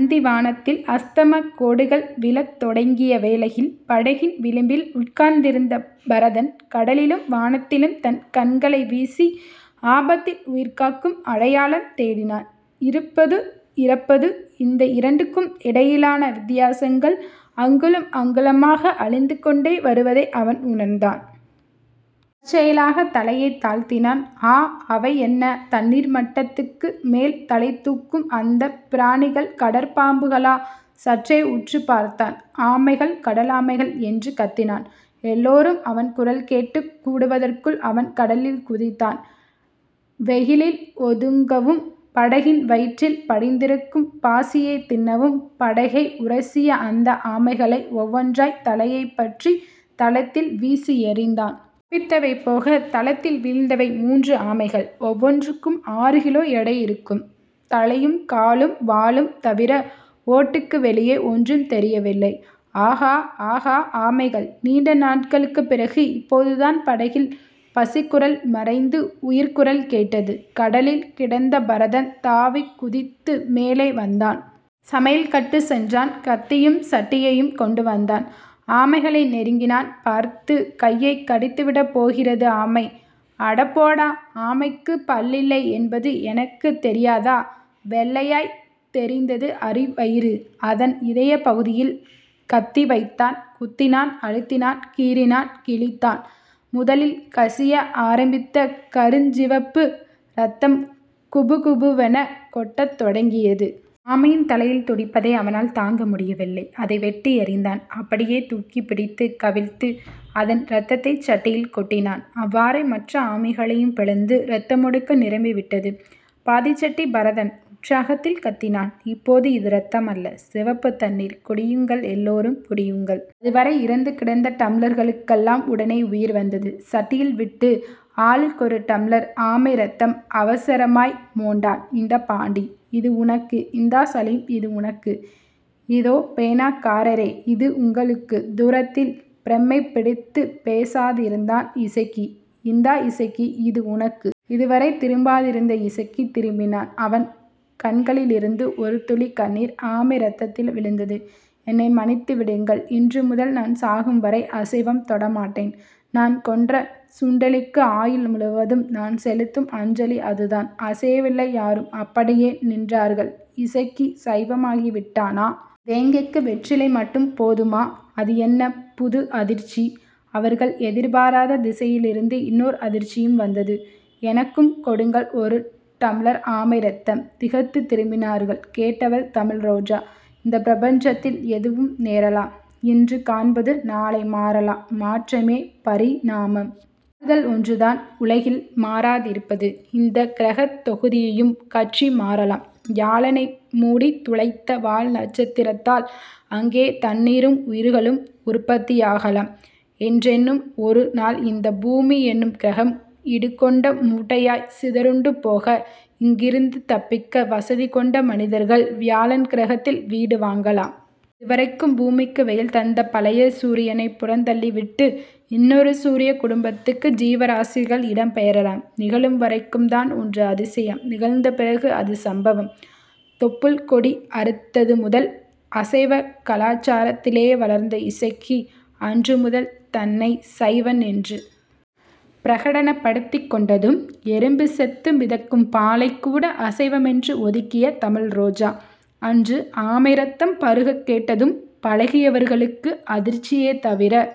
அந்தி வானத்தில் அஸதமக் கோடுகள் விழத் தொடங்கிய வேளையில், படகின் விளிம்பில் உட்கார்ந்திருந்த பரதன் கடலிலும் வானத்திலும் தன் கண்களை வீசி, ஆபத்தில் உயிர் காக்கும் அடையாளம் தேடினான். இருப்பது இறப்பது இந்த இரண்டுக்கும் இடையிலான வித்தியாசங்கள், அங்குலம் அங்குலமாக அழிந்துகொண்டே வருவதை அவன் உணர்ந்தான். செயலாகத் தலையை தாழ்த்தினான். ஆ. அவை என்ன? தண்ணீர் மட்டத்துக்கு மேல் தலைதூக்கும் அந்தப் பிராணிகள் கடற்பாம்புகளா? சற்றே உற்றுப் பார்த்தான். ஆமைகள். கடல் ஆமைகள். என்று கத்தினான். எல்லோரும் அவன் குரல் கேட்டுக் கூடுவதற்குள் அவன் கடலில் குதித்தான். வெயிலில் ஒதுங்கவும். படகின் வயிற்றில் படிந்திருக்கும் பாசியைதின்னவும் படகை உரசிய அந்த ஆமைகளை ஒவ்வொன்றாய்த் தலைபற்றித் தளத்தில் வீசியெறிந்தான்.. தப்பித்தவை போகத் தளத்தில் விழுந்தவை முன்று ஆமைகள். ஒவ்வொன்றுக்கும் ஆறு கிலோ எடை இருக்கும். தலையும் காலும் வாலும் தவிர ஓட்டுக்கு வெளியே ஒன்றும் தெரியவில்லை. ஆகா. ஆகா. ஆமைகள். நீண்ட நாட்களுக்குப் பிறகு இப்போதுதான் படகில் பசிக்குரல் மறைந்து உயிர்க்குரல் கேட்டது. கடலில் கிடந்த பரதன் தாவிக்குதித்து மேலே வந்தான். சமையல்கட்டு சென்றான். கத்தியும் சட்டியையும் கொண்டுவந்தான். ஆமைகளை நெருங்கினான். பார்த்து. கையைக் கடித்துவிடப்போகிறது ஆமை. அடப்போடா. ஆமைக்குப் பல்லில்லை என்பது எனக்குத் தெரியாதா? வெள்ளையாய்த் தெரிந்தது அடிவயிறு. அதன் இதயப்பகுதியில் கத்தி வைத்தான். குத்தினான் அழுத்தினான் கீறினான் கிழித்தான். முதலில் கசிய ஆரம்பித்த கருஞ்சிவப்பு ரத்தம் குபுகுபுவெனக் கொட்டத் தொடங்கியது. ஆமையின் தலைதுடிப்பதை அவனால் தாங்க முடியவில்லை. அதை வெட்டி எறிந்தான். அப்படியே தூக்கிப் பிடித்துக் கவிழ்த்து அதன் ரத்தத்தைச் சட்டியில் கொட்டினான். அவ்வாறே மற்ற ஆமைகளையும் பிளந்து ரத்தமெடுக்க, நிரம்பிவிட்டது. பாதிச்சட்டி பரதன் உற்சாகத்தில் கத்தினான். இப்போது இது ரத்தமல்ல. சிவப்பு தண்ணீர் குடியுங்கள் எல்லோரும் குடியுங்கள். அதுவரை இறந்துகிடந்த டம்ளர்களுக்கெல்லாம் உடனே உயிர் வந்தது. சட்டியில் விட்டு ஆளுக்கொரு டம்ளர் ஆமை ரத்தம் அவசரமாய் மொண்டான். இந்தா பாண்டி. இது உனக்கு. இந்தா சலீம். இது உனக்கு. இதோ பேனாக்காரரே. இது உங்களுக்கு. தூரத்தில் பிரமை பிடித்துப் பேசாதிருந்தான் இசக்கி. இந்தா இசக்கி இது உனக்கு. அதுவரை திரும்பாதிருந்த இசக்கி திரும்பினான். அவன் கண்ணிலிருந்து ஒரு துளிக் கண்ணீர் ஆமை ரத்தத்தில் விழுந்தது. என்னை மன்னித்து விடுங்கள். இன்றுமுதல் நான் சாகும் வரைக்கும் அசைவம் தொடமாட்டேன். நான் கொன்ற சுண்டெலிக்கு ஆயுள் முழுதும் நான் செலுத்தும் அஞ்சலி அதுதான். அசையவில்லை யாரும், அப்படியே நின்றார்கள் இசக்கி சைவமாகிவிட்டானா? வேங்கைக்கு வெற்றிலை மட்டும் போதுமா? அது என்ன புது அதிர்ச்சி. அவர்கள் எதிர்பாராத திசையிலிருந்து இன்னோர் அதிர்ச்சியும் வந்தது. எனக்கும் கொடுங்கள் ஒரு டம்ளர் ஆமை ரத்தம். திகைத்து திரும்பினார்கள். கேட்டவள் தமிழ்ரோஜா. இந்தப் பிரபஞ்சத்தில் எதுவும் நேரலாம். இன்று காண்பது நாளை மாறலாம். மாற்றமே பரிணாமம். றுதல் ஒன்றுதான் உலகில் மாறாதிருப்பது. இந்தக் கிரகத் தொகுதியும் கட்சி மாறலாம். வியாழனை முடித் துளைத்த வால்நட்சத்திரத்தால் அங்கே தண்ணீரும் உயிர்களும் உற்பத்தியாகலாம். என்றேனும் ஒரு நாள் இந்தப் பூமி என்னும் கிரகம் இடுகொண்ட முட்டையாய்ச் சிதறுண்டு போக, இங்கிருந்து தப்பிக்க வசதிகொண்ட மனிதர்கள் வியாழன் கிரகத்தில் வீடு வாங்கலாம். வரைக்கும் பூமிக்கு வெயில் தந்த பழைய சூரியனைப் புறந்தள்ளிவிட்டு, இன்னொரு சூரியக் குடும்பத்துக்கு ஜீவராசிகள் இடம் பெயரலாம். நிகழும் வரைக்கும்தான் ஒன்று அதிசயம். நிகழ்ந்த பிறகு அது சம்பவம். தொப்பூழ்க்கொடி அறுத்தது முதல் அசைவக் கலாசாரத்திலேயே வளர்ந்த இசக்கி, அன்று முதல் தன்னைச் சைவன் என்று பிரகடனப்படுத்திக் கொண்டதும் எறும்பு செத்து மிதக்கும் பாலைக்கூட அசைவமென்று ஒதுக்கிய தமிழ் ரோஜா, அன்று ஆமை ரத்தம் பருகக் கேட்டதும் பழகியவர்களுக்கு அதிர்ச்சியே தவிர